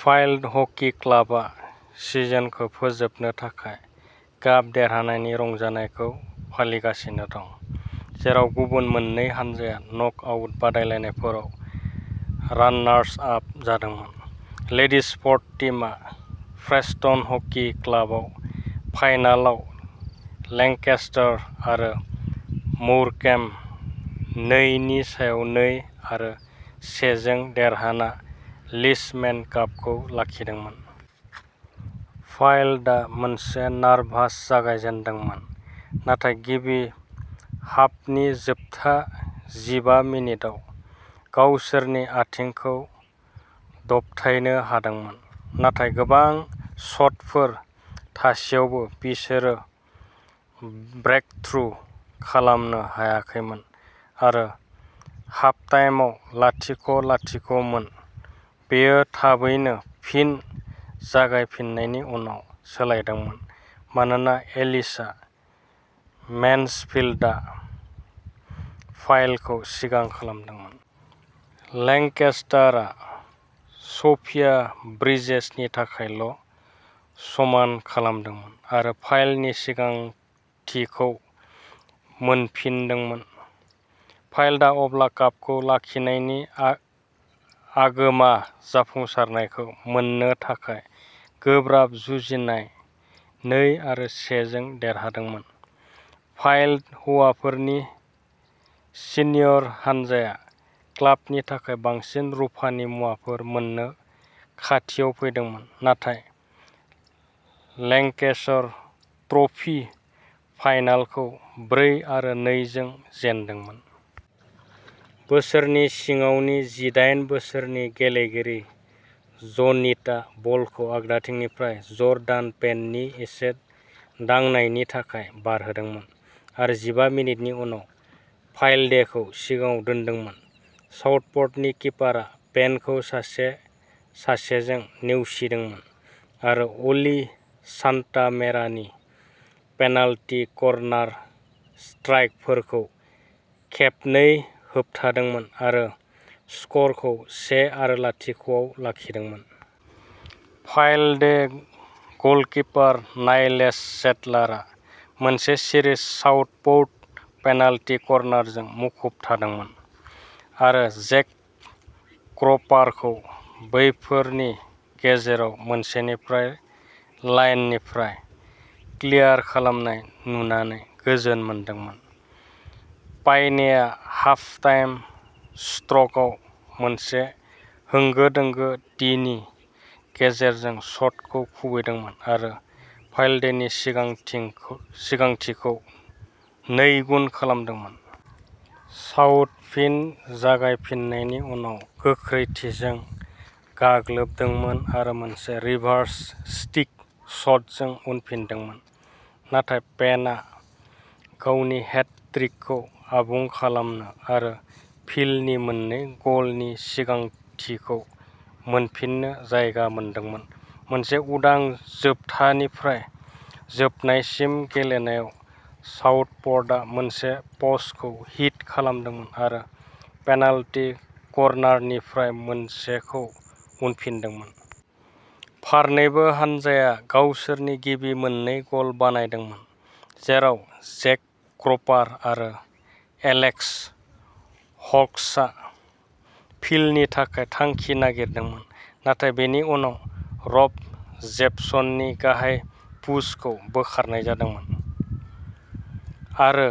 Filed hockey क्लाबआ सिजनखौ फोजोबनो थाखाय काप देरहानायनि रंजानायखौ फालिगासिनो दं, जेराव गुबुन मोन्नै हानजाया नकआउट बादायलायनायफोराव रानार्स आप जादोंमोन। लेडिज फर्थ टीमआ प्रेस्टन हकि क्लाबआव फाइनालाव लेंकेस्टर आरो मोरकेम्ब नै नि सायाव नै आरो से जों देरहाना लिशमेन कापखौ लाखिदोंमोन। फाइल्डआ मोनसे नारभास जागायजेन्दोंमोन नाथाय गिबि हाफनि जोबथा जिबा मिनिटआव गावसोरनि आथिंखौ दबथायनो हादोंमोन। नाथाय गोबां शटफोर थासेयावबो बिसोरो ब्रेकथ्रु खालामनो हायाखैमोन आरो हाफटाइमआव लाथिख'-लाथिख' मोन। बेयो थाबैनो फिन जागायफिन्नायनि उनाव सोलायदोंमोन मानोना एलिशा मेन्सफील्डआ फाइल्डखौ सिगां खालामदोंमोन। लेंकेस्टरआ सोफिया ब्रिजेसनि थाखायल' समान खालामदोंमोन आरो फाइल्डनि सिगांथिखौ मोनफिनदोंमोन। फाइल्डआ अब्ला कापखौ लाखिनायनि आ आगोमा जाफुंसारनायखौ मोन्नो थाखाय गोब्राब जुजिनाय नै आरो से जों देरहादोंमोन। फाइल्ड हौवाफोरनि सिनियर हानजाया क्लाबनि थाखाय बांसिन रुफानि मुवाफोर मोननो खाथियाव फैदोंमोन नाथाय लेंकेशर ट्रफी फाइनालखौ ब्रै आरो नै जों जेनदोंमोन। बोसोरनि सिङावनि जि दाइन बोसोरनि गेलेगिरि ज'निथआ बलखौ आगदाथिंनिफ्राय जर्डान पेननि एसे दांनायनि थाखाय बारहोदोंमोन आरो जिबा मिनिटनि उनाव फायल्डेखौ सिगाङाव दोनदोंमोन। साउथपर्टनि किपारआ पेनखौ सासे सासेजों नेवसिदोंमोन आरो अलि सान्टामेरानि पेनाल्टि कर्नार स्ट्राइकफोरखौ खेबनै होबथादोंमोन आरो स्क'रखौ से आरो लाथिख' आव लाखिदोंमोन। फायल्डे गलकिपार नाइजेल सेडलारआ मोनसे सिरिज साउथपोर्ट पेनाल्टि कर्नारजों मुखुब थादोंमोन आरो जेक क्र'पारखौ बैफोरनि गेजेराव मोनसेनिफ्राय लाइननिफ्राय क्लियार खालामनाय नुनानै गोजोन मोनदोंमोन। पायनेआ हाफ टाइम स्ट्र'कआव मोनसे होंगो दोंगो डीनि गेजेरजों शटखौ खुबैदोंमोन आरो फायल्डेनि सिगांथिं सिगांथिखौ नैगुन खालामदोंमोन। साउथ फिन जागायफिन्नायनि उनाव गोख्रैथिजों गाग्लोबदोंमोन आरो मोनसे रिभार्स स्टिक शटजों उनफिनदोंमोन, नाथाय पेनआ गावनि हेट ट्रिकखौ आबुं खालामनो आरो फिल्डनि मोननै ग'लनि सिगांथिखौ मोनफिननो जायगा मोनदोंमोन। मोनसे उदां, जोबथानिफ्राय जोबनायसिम गेलेनायाव साउथप'र्टआ मोनसे प'स्टखौ हिट खालामदोंमोन आरो पेनाल्टी कर्नारनिफ्राय मोनसेखौ उनफिनदोंमोन। फारनैबो हानजाया गावसोरनि गिबि मोननै गल बानायदोंमोन, जेराव जैक क्रपार आरो एलेक्स हर'क्सआ फिल्डनि थाखाय थांखि नागिरदोंमोन, नाथाय बेनि उनाव रब जेपसननि गाहाय पुशखौ बोखारनाय जादोंमोन। आरो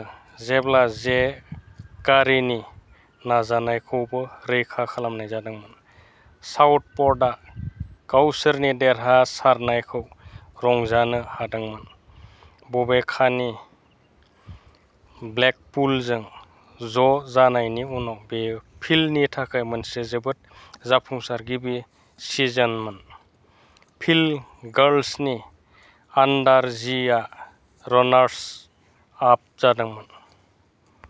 जेब्ला जे कारिनि नाजानायखौबो रैखा खालामनाय जादोंमोन, साउथप'र्टआ गावसोरनि देरहासारनायखौ रंजानो हादोंमोन, बबेखानि ब्लेकपुलजों ज'जानायनि उनाव बेयो फिल्डनि थाखाय मोनसे जोबोद जाफुंसार गिबि सिजनमोन। फिल्द गार्ल्सनि आन्डार जि आ रानार्स आप जादोंमोन।